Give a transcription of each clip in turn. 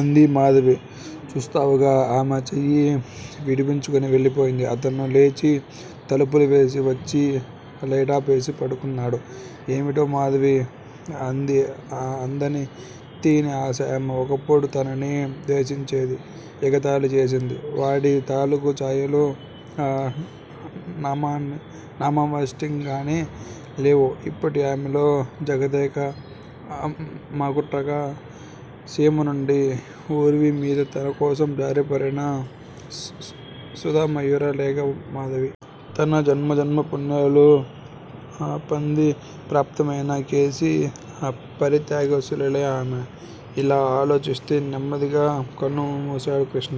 అంది మాధవి. చూస్తావుగా. ఆమె చెయ్యి విడిపించుకుని వెళ్ళిపోయింది. అతను లేచి తలుపులు వేసి, వచ్చి లైటార్పేసి పడుకున్నాడు. ఏమిటో మాధవీ! అందీఅందని తియ్యని ఆశ ఆమె. ఒకప్పుడు తనని ద్వేషించింది. ఎగతాళి చేసింది. వాటి తాలూకు ఛాయలు నామావశిష్టంగానె లేవు యిప్పటి ఆమెలో జగదేక మకుటాగ్ర సీమనుండి ఉర్విమీద తనకోసం జారిపడిన సుధామయూర రేఖ మాధవి. తన జన్మ జనమ పుణ్యాలు పంది ప్రాప్తమైన కేశీ పరిత్యాగలీల ఆమె. ఇలా ఆలోచిస్తూ నెమ్మదిగా కన్నుమూశాడు కృష్ణ.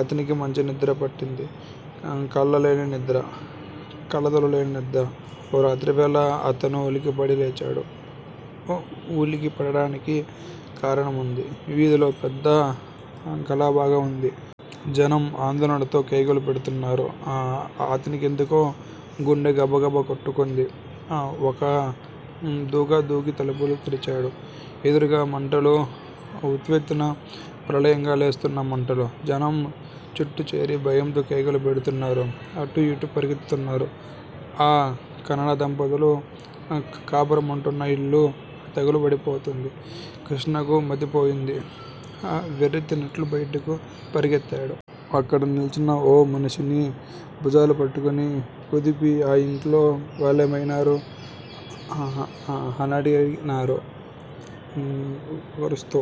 అతనికి మంచి నిద్రే పట్టింది. కల్లల్లేని నిద్ర. కలతలు లేని నిద్ర. ఓ రాత్రివేళ అతను ఉలికిపడి లేచాడు. ఉలికిపడటానికి కారణముంది. వీధిలో పెద్ద గలాభాగా వుంది. జనం ఆందోళనతో కేకలుపెడ్తున్నారు. అతనికెందుకో గుండె గబగబ కొట్టుకుంది. ఒక్కదూకు దూకి తలుపులు తెరిచాడు. ఎదురుగా మంటలు, ఉవ్వెత్తున ప్రళయంగా లేస్తోన్న మంటలు. జనం చుట్టూచేరి భయంతో కేకలు పెడుతున్నారు. అటూయిటూ పరిగెత్తుతున్నారు. ఆ కన్నడ దంపతులు కాపురముంటూన్న యిల్లు తగలబడుతోంది. కృష్ణకు మతిపోయింది. వెర్రెత్తినట్లు భయటకు పరిగెత్తాడు. అక్కడ నిల్చున్న ఓ మనిషిని భుజాలు పట్టుకుని కుదిపి ఆ ఇంట్లోని వాళ్ళేమైనారు? అనడిగాడు వగరుస్తూ.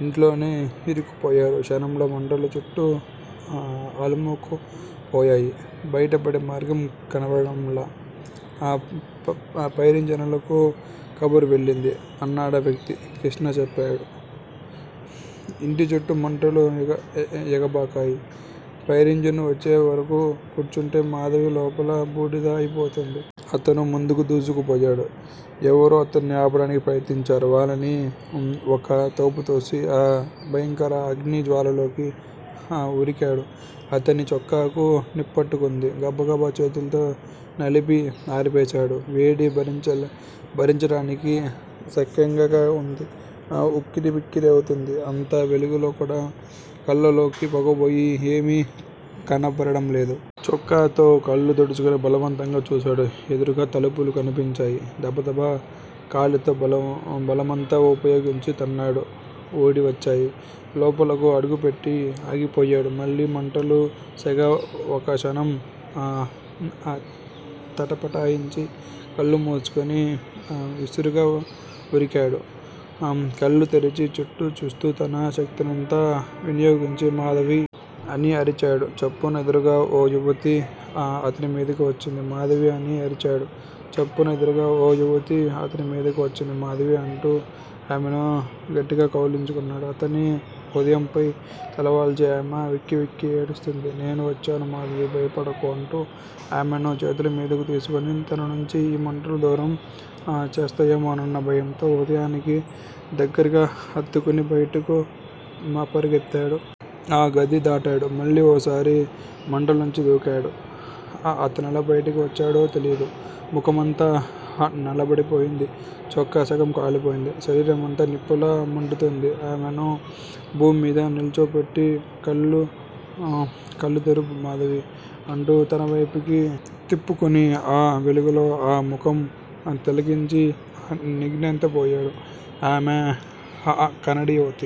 యింట్లోనే యిరుక్కుపోయారు. క్షణంలో మంటలు చుట్టూ అలుముకుపోయాయి. బయటపడే మార్గం కనపడటంలా. ఫైరింజనులకి కబురు వెళ్ళింది అన్నాడా వ్యక్తి. కృష్ణ చూశాడు. ఇంటిచుట్టూ మంటలు ఎగబ్రాకాయి. ఫైరింజానూ వచ్చేవరకూ కూర్చుంటే మాధవి లోపల బూడిద అయిపోతుంది. అతను ముందుకు దూసుకుపోయాడు. ఎవరో అతన్ని ఆపటానికి ప్రయత్నించారు. వాళ్ళని ఒక్క తోపుతోసి ఆ భయంకర అగ్నిజ్వాలలోకి ఉరికాడు. అతని చొక్కాకు నిప్పంటుకుంది. గబగబ చేత్తో నలిపి ఆర్పేశాడు. వేడి భరించటానికి సఖ్యంగాకుండా ఉంది. ఉక్కిరిబిక్కిరి అవుతోంది. అంత వెలుగులో కూడా కళ్ళలోకి పొగబోయి ఏమీ కనపడటంలేదు. చొక్కాతో కళ్ళు తుడుచుకుని బలవంతంగా చూశాడు. ఎదురుగా తలుపులు కనిపించాయి. దబదబ కాలితో బలమంతా ఉపయోగించి తన్నాడు. ఊడివచ్చాయి. లోపలకు అడుగుపెట్టి ఆగిపోయాడు. మళ్ళీ మంటలు, సెగ ఒక్కక్షణం తటపటాయించి కళ్ళు మూసుకుని విసురుగా ఉరికాడు. కళ్ళు తెరిచి, చుట్టూ చూస్తూ తన శక్తినంతా వినియోగించి మాధవీ! అని అరిచాడు. చప్పున ఎదురుగా ఓ యువతి అతనిమీధకు వచ్చింది. మాధవీ! అని అరిచాడు. చప్పున ఎదురుగా ఓ యువతి అతనిమీధకు వచ్చింది. 'మాధవీ! ' అంటూ ఆమెను గట్టిగా కౌగలించుకున్నాడు. అతని హృదయంపై తలవాల్చి ఆమె వెక్కివెక్కి ఏడుస్తూంది. నేను వచ్చాను మాధవీ భయపడకు అంటూ ఆమెను చేతులమీదకు తీసుకుని తననుంచి ఈ మంటలు దూరం చేస్తాయేమోనన్న భయంతో హృదయానికి దగ్గరగా హత్తుకుని బయటకు పరిగెత్తాడు. ఆ గది దాటాడు. మళ్ళీ ఓసారి మంటలనుంచి దూకాడు. అతనెట్లా బయటకు వచ్చాడో తెలీదు. ముఖమంతా నల్లబడిపోయింది. చొక్కా సగం కాలిపోయింది. శరీరమంతా నిప్పులా మండుతోంది. ఆమెను భూమ్మీద నిల్చోపెట్టి కళ్ళు తెరు మాధవీ! అంటూ తనవైపుకి త్రిప్పుకుని ఆ వెలుగులో ఆ ముఖం తిలకించి నిర్ఘాంతపోయాడు. ఆమె కన్నడి యువతి.